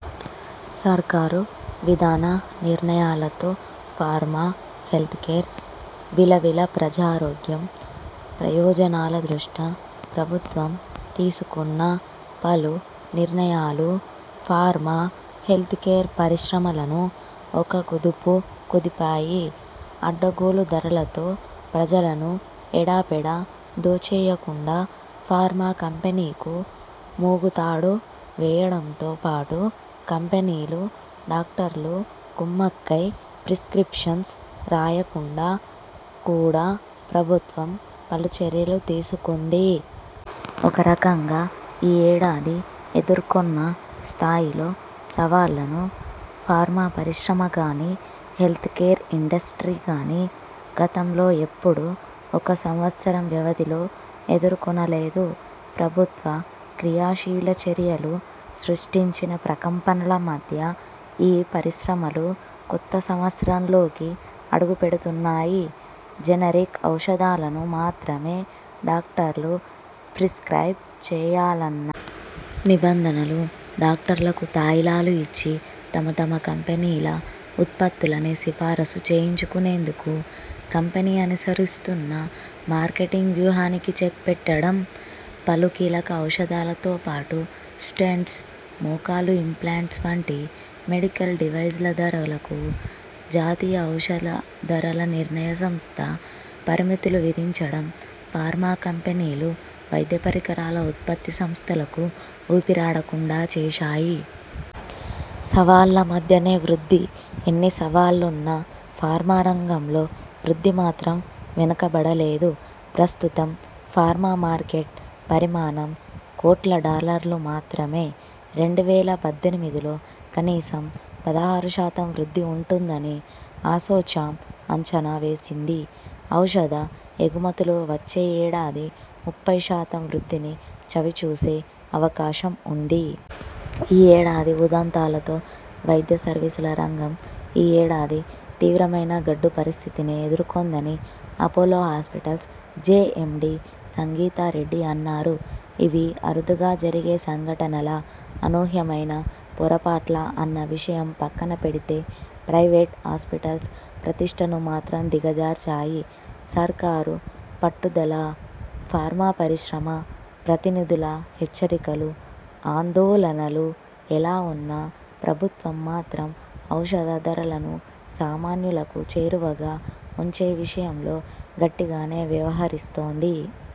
సర్కారు విధాన నిర్ణయాలతో ఫార్మా, హెల్త్కేర్ విలవిలప్రజారోగ్యం, ప్రయోజనాల దృష్ట్యా ప్రభుత్వం తీసుకున్న పలు నిర్ణయాలు ఫార్మా, హెల్త్కేర్ పరిశ్రమలను ఒక కుదుపు కుదిపాయి. అడ్డగోలు ధరలతో ప్రజలను ఎడాపెడా దోచేయకుండా ఫార్మా కంపెనీకు ముగుతాడు వేయడంతోపాటు, కంపెనీలు డాక్టర్లు కుమ్మక్కై ప్రిస్కిప్షన్స్ రాయకుండా కూడా ప్రభుత్వం పలు చర్యలు తీసుకుంది. ఒకరకంగా ఈ ఏడాది ఎదుర్కొన్న స్థాయిలో సవాళ్లను ఫార్మా పరిశ్రమగానీ, హెల్త్కేర్ ఇండస్ట్రీగానీ గతంలో ఎప్పుడూ ఒక సంవత్సరం వ్యవధిలో ఎదుర్కొనలేదు. ప్రభుత్వ క్రియాశీల చర్యలు సృష్టించిన ప్రకంపనల మధ్య ఈ పరిశ్రమలు కొత్త సంవత్సరంలోకి అడుగుపెడుతున్నాయి. జనరిక్ ఔషధాలను మాత్రమే డాక్టర్లు ప్రిస్క్రయిబ్ చేయాలన్న నిబంధనలు, డాక్టర్లకు తాయిలాలు ఇచ్చి తమ తమ కంపెనీల ఉత్పత్తులనే సిఫారసు చేయించుకునేందుకు కంపెనీ అనుసరిస్తున్న మార్కెటింగ్ వ్యూహానికి చెక్ పెట్టడం, పలు కీలక ఔషధాలతో పాటు స్టెంట్స్, మోకాలు ఇంప్లాంట్స్ వంటి మెడికల్ డివైజ్ల ధరలకు జాతీయ ఔషధ ధరల నిర్ణయ సంస్థ పరిమితులు విధించడం ఫార్మా కంపెనీలు, వైద్య పరికరాల ఉత్పత్తి సంస్థలకు ఊపిరాడకుండా చేశాయి. సవాళ్లమధ్యనే వృద్ధి.. ఎన్ని సవాళ్లున్నా ఫార్మా రంగంలో వృద్ధి మాత్రం వెనకబడలేదు. ప్రస్తుతం ఫార్మా మార్కెట్ పరిమాణం కోట్ల డాలర్లు మాత్రమే. రెండు వేల పద్దెనిమిదిలో కనీసం పదహారు శాతం వృద్ధి ఉంటుందని అసోచామ్ అంచనావేసింది. ఔషధ ఎగుమతులు వచ్చే ఏడాది ముప్పై శాతం వృద్ధిని చవిచూసే అవకాశం ఉంది. ఈ రెండు ఉదంతాలతో వైద్య సర్వీసుల రంగం ఈ ఏడాది తీవ్రమైన గడ్డు పరిస్థితినే ఎదుర్కొందని Apollo hospitals JMD Sangita Reddy అన్నారు. ఇవి అరుదుగా జరిగే సంఘటనలా, అనూహ్యమైన పొరపాట్లా అన్న విషయం పక్కనబెడితే ప్రైవేట్ హాస్పిటల్స్ ప్రతిష్ఠను మాత్రం దిగజార్చాయి. సర్కారు పట్టుదలఫార్మా పరిశ్రమ, ప్రతినిధుల హెచ్చరికలు, ఆందోళనలు ఎలా ఉన్నా ప్రభుత్వం మాత్రం ఔషధ ధరలను సామాన్యులకు చేరువగా ఉంచే విషయంలో గట్టిగానే వ్యవహరిస్తోంది.